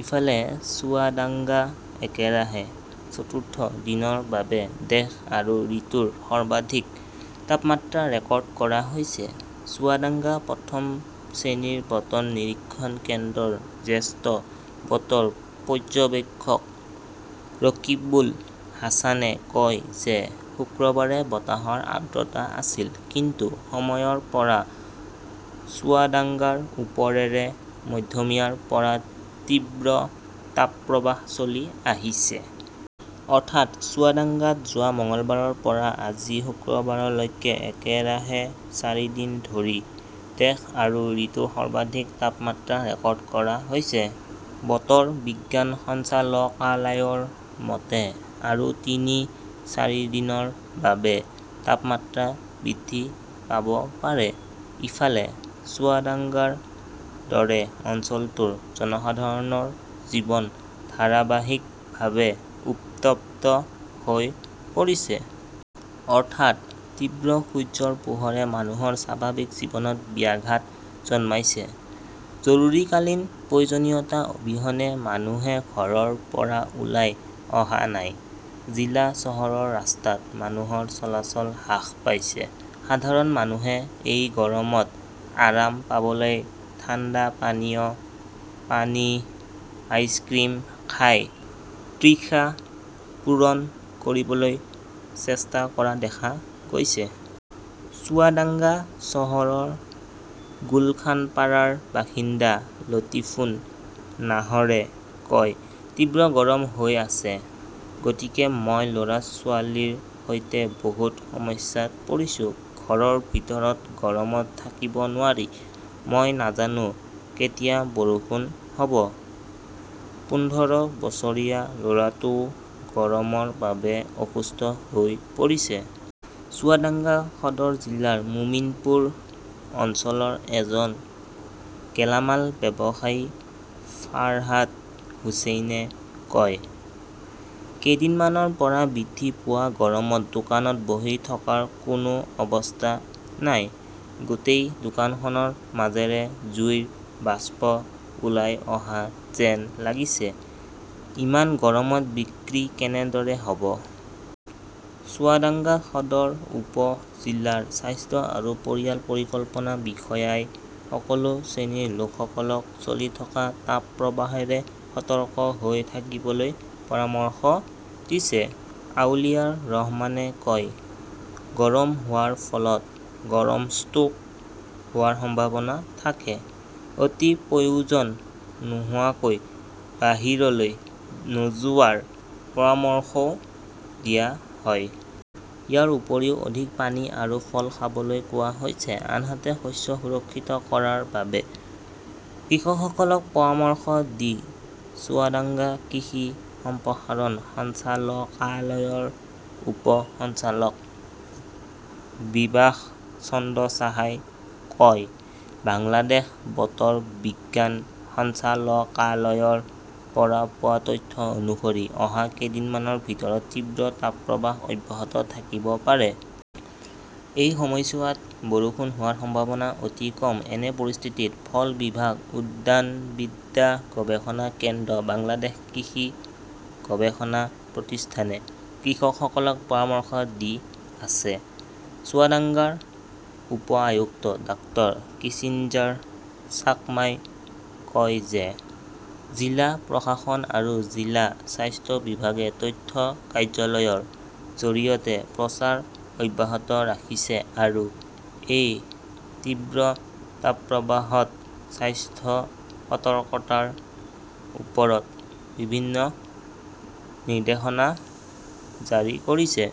ইফালে, চুয়াডাঙ্গাএকেৰাহে চতুৰ্থ দিনৰ বাবে দেশ আৰু ঋতুৰ সৰ্বাধিক তাপমাত্ৰা ৰেকৰ্ড কৰা হৈছে। চুয়াডাঙ্গা প্ৰথম শ্ৰেণীৰ বতৰ নিৰীক্ষণ কেন্দ্ৰৰ জ্যেষ্ঠ বতৰ পৰ্যবেক্ষক ৰকিবুল হাছানে কয় যে শুক্ৰবাৰে বতাহৰ আৰ্দ্ৰতা আছিল। কিছু সময়ৰ পৰা চুয়াডাঙ্গাৰ ওপৰেৰে মধ্যমীয়াৰ পৰা তীব্ৰ তাপপ্ৰৱাহ চলি আহিছে। অৰ্থাৎ, চুয়াডাঙ্গাত যোৱা মঙলবাৰৰ পৰা আজি শুক্ৰবাৰলৈকে একেৰাহে চাৰিদিন ধৰি দেশ আৰু ঋতুৰ সৰ্বাধিক তাপমাত্ৰা ৰেকৰ্ড কৰা হৈছে। বতৰ বিজ্ঞান সঞ্চালকালয়ৰ মতে আৰু তিনি, চাৰিদিনৰ বাবে তাপমাত্ৰা বৃদ্ধি পাব পাৰে। ইফালে, চুৱাডাঙ্গাৰ দৰে অঞ্চলটোৰ জনসাধাৰণৰ জীৱন ধাৰাবাহিকভাৱে উত্তপ্ত হৈ পৰিছে। দিনটোৰ তীব্ৰ সূৰ্যৰ পোহৰে মানুহৰ স্বাভাৱিক জীৱনত ব্যাঘাত জন্মাইছে। জৰুৰীকালীন প্ৰয়োজনীয়তা অবিহনে মানুহে ঘৰৰ পৰা ওলাই অহা নাই। জিলা চহৰৰ ৰাস্তাত মানুহৰ চলাচল হ্ৰাস পাইছে। সাধাৰণ মানুহে এই গৰমত আৰাম পাবলৈ ঠাণ্ডা পানীয়, পানী, আইচক্ৰীম খাই তৃষ্ণা পূৰণ কৰিবলৈ চেষ্টা কৰা দেখা গৈছে। চুৱাডাঙ্গা চহৰৰ গুলশানপাৰাৰ বাসিন্দা লতিফুন নাহৰে কয়, "তীব্ৰ গৰম হৈ আছে। গতিকে মই ল'ৰা-ছোৱালীৰ সৈতে বহুত সমস্যাত পৰিছোঁ। ঘৰৰ ভিতৰত গৰমত থাকিব নোৱাৰি। মই নাজানো কেতিয়া বৰষুণ হ'ব। পোন্ধৰ বছৰীয়া ল'ৰাটোও গৰমৰ বাবে অসুস্থ হৈ পৰিছে।" চুয়াডাঙ্গা সদৰ জিলাৰ মোমিনপুৰ অঞ্চলৰ এজন গেলামাল ব্যৱসায়ী ফাৰহাদ হুচেইনে কয়, "কেইদিনমানৰ পৰা বৃদ্ধি পোৱা গৰমত দোকানত বহি থকাৰ কোনো অৱস্থা নাই।" গোটেই দোকানখনৰ মাজেৰে জুইৰ বাষ্প ওলাই অহা যেন লাগিছে। ইমান গৰমত বিক্ৰী কেনেদৰে হ'ব। চুৱাডাঙ্গা সদৰ উপ-জিলাৰ স্বাস্থ্য আৰু পৰিয়াল পৰিকল্পনা বিষয়াই সকলো শ্ৰেণীৰ লোকসকলক চলি থকা তাপপ্ৰৱাহেৰে সতৰ্ক হৈ থাকিবলৈ পৰামৰ্শ দিছে। আওলিয়াৰ ৰহমানে কয়,"গৰম হোৱাৰ ফলত গৰম ষ্ট্ৰোক হোৱাৰ সম্ভাৱনা থাকে। অতি প্ৰয়োজন নোহোৱাকৈ বাহিৰলৈ নোযোৱাৰ পৰামৰ্শও দিয়া হয়। ইয়াৰ উপৰিও অধিক পানী আৰু ফল খাবলৈ কোৱা হৈছে।" আনহাতে, শস্য সুৰক্ষিত কৰাৰ বাবে কৃষকসকলক পৰামৰ্শ দি চুয়াডাঙ্গা কৃষি সম্প্ৰসাৰণ সঞ্চালকালয়ৰ উপ সঞ্চালক বিভাস চন্দ্ৰ সাহাই কয়, "বাংলাদেশ বতৰ বিজ্ঞান সঞ্চালকালয়ৰ পৰা পোৱা তথ্য অনুসৰি, অহা কেইদিনমানৰ ভিতৰত তীব্ৰ তাপপ্ৰৱাহ অব্যাহত থাকিব পাৰে। এই সময়ছোৱাত বৰষুণ হোৱাৰ সম্ভাৱনা অতি কম। এনে পৰিস্থিতিত ফল বিভাগ, উদ্যানবিদ্যা গৱেষণা কেন্দ্ৰ, বাংলাদেশ কৃষি গৱেষণা প্ৰতিষ্ঠানে কৃষকসকলক পৰামৰ্শ দি আছে।" চুৱাডাঙ্গাৰ উপ-আয়ুক্ত ডাঃ কিচিঞ্জাৰ চাকমাই কয় যে, জিলা প্ৰশাসন আৰু জিলা স্বাস্থ্য বিভাগে তথ্য কাৰ্যালয়ৰ জৰিয়তে প্ৰচাৰ অব্যাহত ৰাখিছে আৰু এই তীব্ৰ তাপপ্ৰৱাহত স্বাস্থ্য সতৰ্কতাৰ ওপৰত বিভিন্ন নিৰ্দেশনা জাৰি কৰিছে।